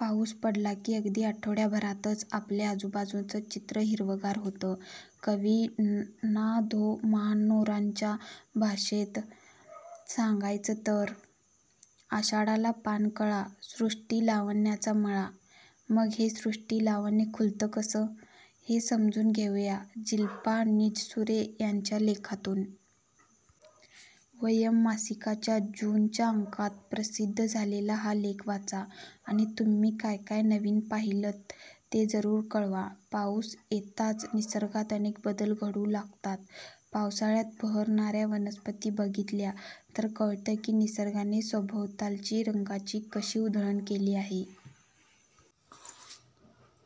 पाऊस पडला की अगदी आठवड्याभरातच आपल्या आजूबाजूचं चित्र हिरवंगार होतं. कवी ना. धों. महानोरांच्या भाषेत सांगायचं तर 'आषाढाला पाणकळा, सृष्टी लावण्याचा मळा! ' मग हे सृष्टी लावण्य खुलतं कसं? हे समजून घेऊया जिल्पा निजसुरे यांच्या लेखातून! ''वयम्'' मासिकाच्या जून च्या अंकात प्रसिद्ध झालेला हा लेख वाचा आणि तुम्ही काय काय नवीन पाहिलंत ते जरूर कळवा- पाऊस येताच निसर्गात अनेक बदल घडू लागतात. पावसाळ्यात बहरणाऱ्या वनस्पती बघितल्या तर कळतं की, निसर्गाने सभोवताली रंगांची कशी उधळण केली आहे.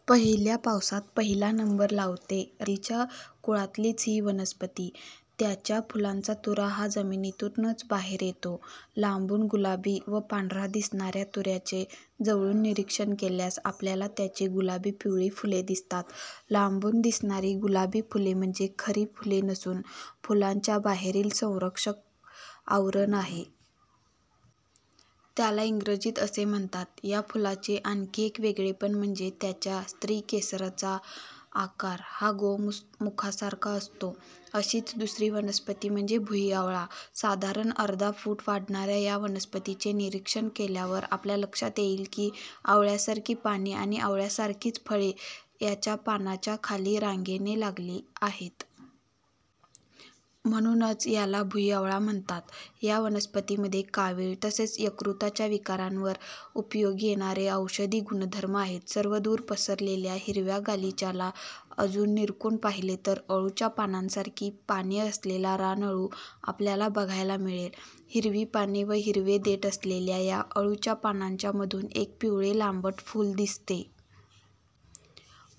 पहिल्या पावसात पहिला नंबर लावते रानहळद. हळदीच्या कुळातलीच ही वनस्पती. त्याच्या फुलांचा तुरा हा जमिनीतूनच बाहेर येतो. लांबून गुलाबी व पांढरा दिसणाऱ्या तुऱ्याचे जवळून निरीक्षण केल्यास आपल्याला त्याची गुलाबी-पिवळी फुले दिसतात. लांबून दिसणारी गुलाबी फुले म्हणजे खरी फुले नसून फुलांच्या बाहेरील संरक्षक आवरण आहे. त्याला इंग्रजीत असे म्हणतात. या फुलाचे आणखी एक वेगळेपण म्हणजे त्याच्या स्त्रीकेसराचा आकार हा गोमुखासारखा असतो. अशीच दुसरी वनस्पती म्हणजे भुईआवळा. साधारण अर्धा फूट वाढणाऱ्या या वनस्पतीचे निरीक्षण केल्यावर आपल्या लक्षात येईल की, आवळ्यासारखी पाने आणि आवळ्यासारखीच फळे याच्या पानांच्या खाली रांगेने लागली आहेत. म्हणूनच ह्याला भुईआवळा म्हणतात. या वनस्पतीमध्ये कावीळ तसेच यकृताच्या विकारांवर उपयोगी येणारे औषधी गुणधर्म आहेत. सर्वदूर पसरलेल्या हिरव्या गालिच्याला अजून निरखून पहिले तर अळूच्या पानांसारखी पाने असलेला रानअळू आपल्याला बघायला मिळेल. हिरवी पाने व हिरवे देठ असलेल्या या अळूच्या पानांच्यामधून एक पिवळे लांबट फूल दिसते.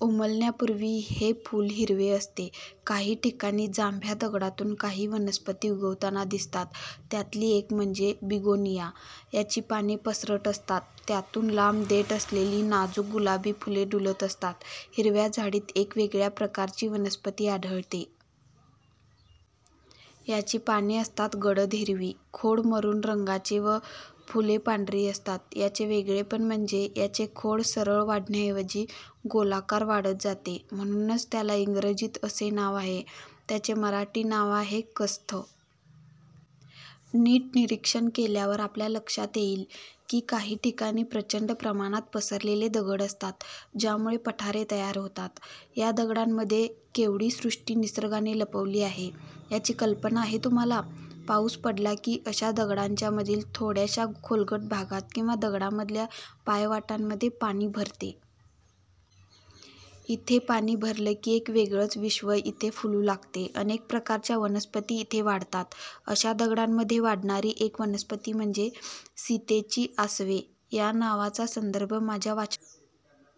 उमलण्यापूर्वी हे फूल हिरवे असते. काही ठिकाणी जांभ्या दगडातून काही वनस्पती उगवताना दिसतात. त्यातली एक म्हणजे बिगोनिया. याची पाने पसरट असतात. त्यातून लांब देठ असलेली नाजूक गुलाबी फुले डुलत असतात. हिरव्या झाडीत एक वेगळ्या प्रकारची वनस्पती आढळते. याची पाने असतात गडद हिरवी, खोड मरून रंगाचे व फुले पांढरी असतात. याचे वेगळेपण म्हणजे याचे खोड सरळ वाढण्याऐवजी गोलाकार वाढत जाते. म्हणूनच त्याला इंग्रजीत असे नाव आहे. त्याचे मराठी नाव आहे कस्थ. नीट निरीक्षण केल्यावर आपल्या लक्षात येईल की काही ठिकाणी प्रचंड प्रमाणात पसरलेले दगड असतात, ज्यामुळे पठारे तयार होतात. या दगडांमध्ये केवढी सृष्टी निसर्गाने लपवली आहे याची कल्पना आहे तुम्हांला? पाऊस पडला की अशा दगडांच्यामधील थोड्याशा खोलगट भागात किंवा दगडामधल्या पायवाटांमध्ये पाणी भरते. इथे पाणी भरलं की एक वेगळेच विश्व इथे फुलू लागते. अनेक प्रकारच्या वनस्पती इथे वाढतात. अशा दगडांमध्ये वाढणारी एक वनस्पती म्हणजे सीतेची आसवे'. या नावाचा संदर्भ माझ्या वाचनात आलेला